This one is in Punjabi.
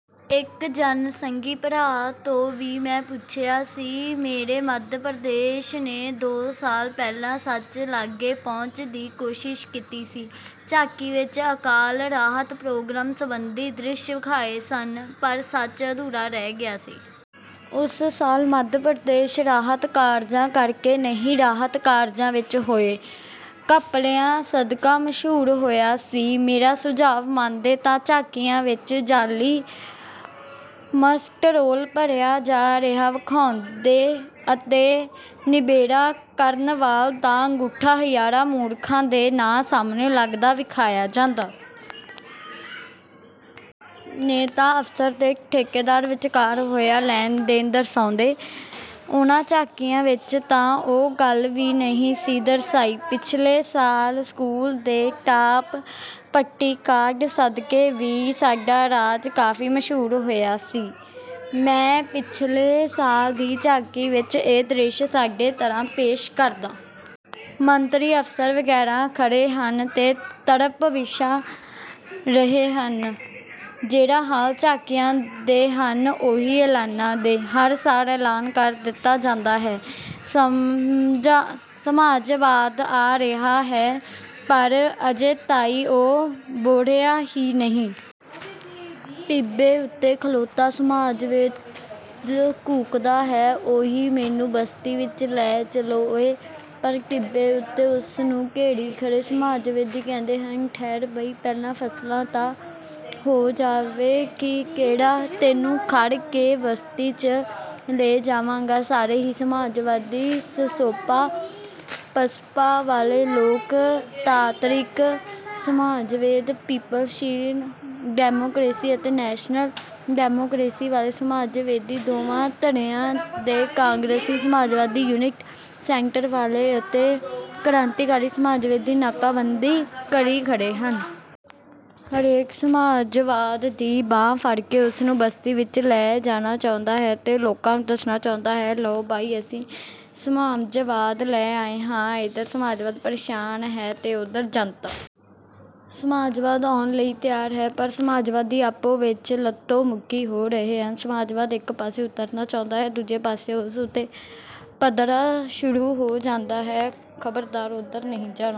ਇਕ ਜਨਸੰਘੀ ਭਰਾ ਤੋਂ ਵੀ ਮੈਂ ਪੁੱਛਿਆ ਸੀ। ਮੇਰੇ ਮੱਧ-ਪ੍ਰਦੇਸ਼ ਨੇ ਦੋ ਸਾਲ ਪਹਿਲਾਂ ਸੱਚ ਲਾਗੇ ਪਹੁੰਚਣ ਦੀ ਕੋਸ਼ਿਸ਼ ਕੀਤੀ ਸੀ, ਝਾਕੀ ਵਿਚ ਅਕਾਲ ਰਾਹਤ ਪ੍ਰੋਗਰਾਮ ਸੰਬੰਧੀ ਦ੍ਰਿਸ਼ ਵਿਖਾਏ ਸਨ। ਪਰ ਸੱਚ ਅਧੂਰਾ ਰਹਿ ਗਿਆ ਸੀ। ਉਸ ਸਾਲ ਮੱਧ-ਪ੍ਰਦੇਸ਼ ਰਾਹਤ ਕਾਰਜਾਂ ਕਰਕੇ ਨਹੀਂ, ਰਾਹਤ ਕਾਰਜਾਂ ਵਿਚ ਹੋਏ ਘਪਲਿਆਂ ਸਦਕਾ ਮਸ਼ਹੂਰ ਹੋਇਆ ਸੀ। ਮੇਰਾ ਸੁਝਾਅ ਮੰਗਦੇ ਤਾਂ ਝਾਕੀਆਂ ਵਿਚ ਜਾਲ੍ਹੀ ਮਸਟਰੋਲ ਭਰਿਆ ਜਾ ਰਿਹਾ ਵਿਖਾਉਂਦੇ ਅਤੇ ਨਿਬੇੜਾ ਕਰਨ ਵਾਲ ਦਾ ਅੰਗੂਠਾ ਹਜ਼ਾਰਾਂ ਮੂਰਖਾਂ ਦੇ ਨਾਂਅ ਸਾਹਮਣੇ ਲੱਗਦਾ ਵਿਖਾਇਆ ਜਾਂਦਾ। ਨੇਤਾ, ਅਫ਼ਸਰ ਤੇ ਠੇਕੇਦਾਰ ਵਿਚਕਾਰ ਹੋਇਆ ਲੈਣ-ਦੇਣ ਦਰਸਾਉਂਦੇ। ਉਹਨਾਂ ਝਾਕੀਆਂ ਵਿਚ ਤਾਂ ਉਹ ਗੱਲ ਵੀ ਨਹੀਂ ਸੀ ਦਰਸਾਈਂ। ਪਿਛਲੇ ਸਾਲ ਸਕੂਲਾਂ ਦੇ ਟਾਟ-ਪੱਟੀ ਕਾਂਢ ਸਦਕਾ ਵੀ ਸਾਡਾ ਰਾਜ ਕਾਫ਼ੀ ਮਸ਼ਹੂਰ ਹੋਇਆ ਸੀ। ਮੈਂ ਪਿਛਲੇ ਸਾਲ ਦੀ ਝਾਕੀ ਵਿਚ ਇਹ ਦ੍ਰਿਸ਼ ਇਸ ਤਰ੍ਹਾਂ ਪੇਸ਼ ਕਰਦਾ। ਮੰਤਰੀ, ਅਫ਼ਸਰ ਵਗ਼ੈਰਾ ਖੜ੍ਹੇ ਹਨ ਤੇ ਤੱਪੜ ਵਿਸਾ ਰਹੇ ਹਨ। ਜਿਹੜੇ ਹਾਲ ਝਾਕੀਆਂ ਦੇ ਹਨ, ਉਹੀ ਐਲਾਨਾ ਦੇ। ਹਰ ਸਾਲ ਐਲਾਨ ਕਰ ਦਿੱਤਾ ਜਾਂਦਾ ਹੈ, ਸਮਾਜਵਾਦ ਆ ਰਿਹਾ ਹੈ। ਪਰ ਅੱਜ ਤਾਈਂ ਉਹ ਬਹੁੜਿਆ ਹੀ ਨਹੀਂ। ਟਿੱਬੇ ਉੱਤੇ ਖਲੋਤਾ ਸਮਾਜਵਾਦ ਕੂਕਦਾ ਹੈ, 'ਓਇ ਮੈਨੂੰ ਬਸਤੀ ਵਿਚ ਲੈ ਚੱਲੋ ਓਇ ' ਪਰ ਟਿੱਬੇ ਉੱਤੇ ਉਸਨੂੰ ਘੇਰੀ ਖੜ੍ਹੇ ਸਮਾਜਵਾਦੀ ਕਹਿੰਦੇ ਹਨ, 'ਠਹਿਰ ਬਈ, ਪਹਿਲਾਂ ਫੈਸਲਾ ਤਾਂ ਹੋ ਜਾਵੇ ਕਿ ਕਿਹੜਾ ਤੈਨੂੰ ਖੜ ਕੇ ਬਸਤੀ 'ਚ ਲਿਜਾਵੇਗਾ' ਸਾਰੇ ਹੀ ਸਮਾਜਵਾਦੀ ਸਸੋਪਾ, ਪਸਪਾ ਵਾਲੇ ਲੋਕ ਤਾਂਤਰਿਕ ਸਮਾਜਵਾਦੀ, ਪੀਪਲਜ਼ ਡੈਮੋਕਰੇਸੀ ਅਤੇ ਨੈਸ਼ਨਲ ਡੈਮੋਕਰੇਸੀ ਵਾਲੇ ਸਮਾਜਵਾਦੀ, ਦੋਵਾਂ ਧੜਿਆਂ ਦੇ ਕਾਂਗਰਸੀ ਸਮਾਜਵਾਦੀ, ਯੂਨਿਟ ਸੈਂਟਰ ਵਾਲੇ ਅਤੇ ਕਰਾਂਤੀਕਾਰੀ ਸਮਾਜਵਾਦੀ ਨਾਕਾਬੰਦੀ ਕਰੀ ਖੜ੍ਹੇ ਹਨ। ਹਰੇਕ ਸਮਾਜਵਾਦ ਦੀ ਬਾਂਹ ਫੜ੍ਹ ਕੇ ਉਸਨੂੰ ਬਸਤੀ ਵਿਚ ਲੈ ਜਾਣਾ ਚਾਹੁੰਦਾ ਹੈ ਤੇ ਲੋਕਾਂ ਨੂੰ ਦੱਸਣਾ ਚਾਹੁੰਦਾ ਹੈ, 'ਲਓ ਬਈ ਅਸੀਂ ਸਮਾਜਵਾਦ ਲੈ ਆਏ ਹਾਂ। ' ਇਧਰ ਸਮਾਜਵਾਦ ਪ੍ਰੇਸ਼ਾਨ ਹੈ ਤੇ ਉਧਰ ਜੰਤਾ। ਸਮਾਜਵਾਦ ਆਉਣ ਲਈ ਤਿਆਰ ਹੈ, ਪਰ ਸਮਾਜਵਾਦੀ ਆਪੋ ਵਿਚ ਲੱਤੋ-ਮੁੱਕੀ ਹੋ ਰਹੇ ਹਨ। ਸਮਾਜਵਾਦ ਇਕ ਪਾਸੇ ਉਤਰਨਾਂ ਚਾਹੁੰਦਾ ਹੈ, ਦੂਜੇ ਪਾਸਿਓਂ ਉਸ ਉੱਤੇ ਪਥਰਾਅ ਸ਼ੁਰੂ ਹੋ ਜਾਂਦਾ ਹੈ। 'ਖਬਰਦਾਰ ਉਧਰ ਨਹੀਂ ਜਾਣਾ।